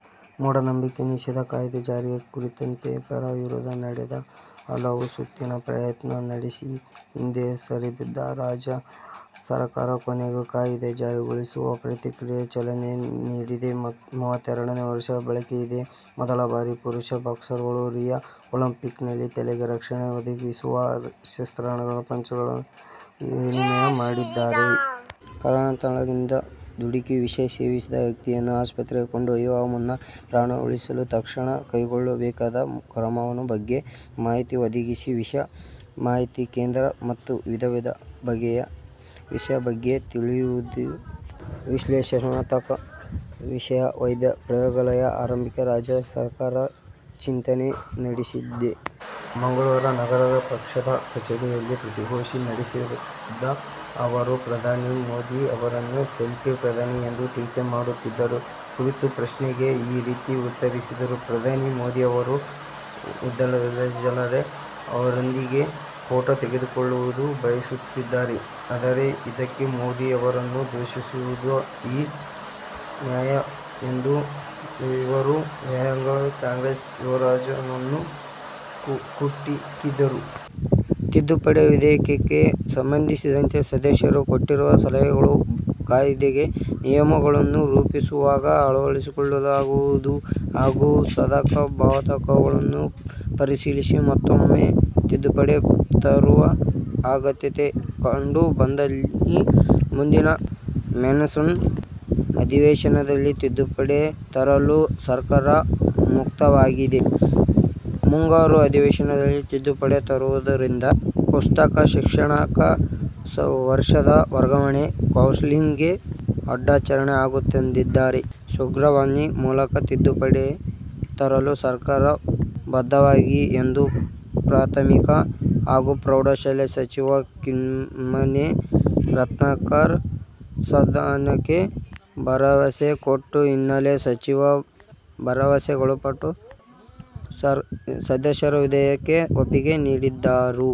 ಮೂಢನಂಬಿಕೆ ನಿಷೇಧ ಕಾಯ್ದೆ ಜಾರಿ ಕುರಿತಂತೆ ಪರ-ವಿರೋಧದ ನಡುವೆ ಹಲವು ಸುತ್ತಿನ ಪ್ರಯತ್ನ ನಡೆಸಿ ಹಿಂದೆ ಸರಿದಿದ್ದ ರಾಜ್ಯ ಸರ್ಕಾರ ಕೊನೆಗೂ ಕಾಯ್ದೆ ಜಾರಿಗೊಳಿಸುವ ಪ್ರಕ್ರಿಯೆಗೆ ಚಾಲನೆ ನೀಡಿದೆ. ಮೂವತ್ತೆರಡು ವರ್ಷಗಳ ಬಳಿಕ ಇದೇ ಮೊದಲ ಬಾರಿ ಪುರುಷ ಬಾಕ್ಸರ್ಗಳು ರಿಯೋ ಒಲಿಂಪಿಕ್ಸ್ನಲ್ಲಿ ತಲೆಗೆ ರಕ್ಷಣೆ ಒದಗಿಸುವ ಶಿರಸ್ತ್ರಾಣವಿಲ್ಲದೆ ಪಂಚ್ಗಳ ವಿನಿಮಯ ಮಾಡಲಿದ್ದಾರೆ. ಕಾರಣಾಂತರಗಳಿಂದ ದುಡುಕಿ ವಿಷ ಸೇವಿಸಿದ ವ್ಯಕ್ತಿಯನ್ನು ಆಸ್ಪತ್ರೆಗೆ ಕೊಂಡೊಯ್ಯುವ ಮುನ್ನ ಪ್ರಾಣ ಉಳಿಸಲು ತಕ್ಷಣ ಕೈಗೊಳ್ಳಬೇಕಾದ ಕ್ರಮಗಳ ಬಗ್ಗೆ ಮಾಹಿತಿ ಒದಗಿಸಲು "ವಿಷ ಮಾಹಿತಿ ಕೇಂದ್ರ' ಮತ್ತು ವಿವಿಧ ಬಗೆಯ ವಿಷದ ಬಗ್ಗೆ ತಿಳಿದುಕೊಳ್ಳಲು "ವಿಶ್ಲೇಷಣಾತ್ಮಕ ವಿಷ ವೈದ್ಯ ಪ್ರಯೋಗಾಲಯ' ಆರಂಭಕ್ಕೆ ರಾಜ್ಯ ಸರ್ಕಾರ ಚಿಂತನೆ ನಡೆಸಿದೆ. ಮಂಗಳವಾರ ನಗರದ ಪಕ್ಷದ ಕಚೇರಿಯಲ್ಲಿ ಪತ್ರಿಕಾಗೋಷ್ಠಿ ನಡೆಸಿದ ಅವರು ಪ್ರಧಾನಿ ಮೋದಿ ಅವರನ್ನು ಸೆಲ್ಫಿ ಪ್ರಧಾನಿ ಎಂದು ಟೀಕೆ ಮಾಡುತ್ತಿರುವ ಕುರಿತ ಪ್ರಶ್ನೆಗೆ ಈ ರೀತಿ ಉತ್ತರಿಸಿದರು. ಪ್ರಧಾನಿ ಮೋದಿ ಅವರು ಹೋದಲ್ಲೆಲ್ಲ ಜನರು ಅವರೊಂದಿಗೆ ಫೋಟೋ ತೆಗೆಸಿಕೊಳ್ಳಲು ಬಯಸುತ್ತಿದ್ದಾರೆ. ಆದರೆ, ಇದಕ್ಕೆ ಮೋದಿ ಅವರನ್ನು ದೂಷಿಸುವುದು ಯಾವ ನ್ಯಾಯ ಎಂದು ಅವರು ವ್ಯಂಗವಾಗಿ ಕಾಂಗ್ರೆಸ್ ಯುವರಾಜನನ್ನು ಕುಟುಕಿದರು. ತಿದ್ದುಪಡಿ ವಿಧೇಯಕಕ್ಕೆ ಸಂಬಂಧಿಸಿದಂತೆ ಸದಸ್ಯರು ಕೊಟ್ಟಿರುವ ಸಲಹೆಗಳನ್ನು ಕಾಯ್ದೆಗೆ ನಿಯಮಗಳನ್ನು ರೂಪಿಸುವಾಗ ಅಳವಡಿಸಿಕೊಳ್ಳಲಾಗುವುದು ಹಾಗೂ ಸಾಧಕ-ಬಾಧಕಗಳನ್ನು ಪರಿಶೀಲಿಸಿ ಮತ್ತೂಮ್ಮೆ ತಿದ್ದುಪಡಿ ತರುವ ಅಗತ್ಯತೆ ಕಂಡು ಬಂದಲ್ಲಿ ಮುಂದಿನ ಮಾನ್ಸೂನ್ ಅಧಿವೇಶನದಲ್ಲಿ ತಿದ್ದುಪಡಿ ತರಲು ಸರ್ಕಾರ ಮುಕ್ತವಾಗಿದೆ. ಮುಂಗಾರು ಅಧಿವೇಶನದಲ್ಲಿ ತಿದ್ದುಪಡಿ ತರುವುದರಿಂದ ಪ್ರಸಕ್ತ ಶೈಕ್ಷಣಿಕ ವರ್ಷದ ವರ್ಗಾವಣೆಯ ಕೌನ್ಸಿಲಿಂಗ್ಗೆ ಅಡಚಣೆ ಆಗುತ್ತದೆ ಎಂದಾದರೆ ಸುಗ್ರಿವಾಜ್ಞೆ ಮೂಲಕ ತಿದ್ದುಪಡಿ ತರಲು ಸರ್ಕಾರದ ಬದ್ಧವಾಗಿದೆ ಎಂದು ಪ್ರಾಥಮಿಕ ಹಾಗೂ ಪ್ರೌಢ ಶಿಕ್ಷಣ ಸಚಿವ ಕಿಮ್ಮನೆ ರತ್ನಾಕರ ಸದನಕ್ಕೆ ಭರವಸೆ ಕೊಟ್ಟ ಹಿನ್ನೆಲೆಯಲ್ಲಿ ಸಚಿವರ ಭರವಸೆಗೊಳಪಟ್ಟು ಸದಸ್ಯರು ವಿಧೇಯಕಕ್ಕೆ ಒಪ್ಪಿಗೆ ನೀಡಿದರು.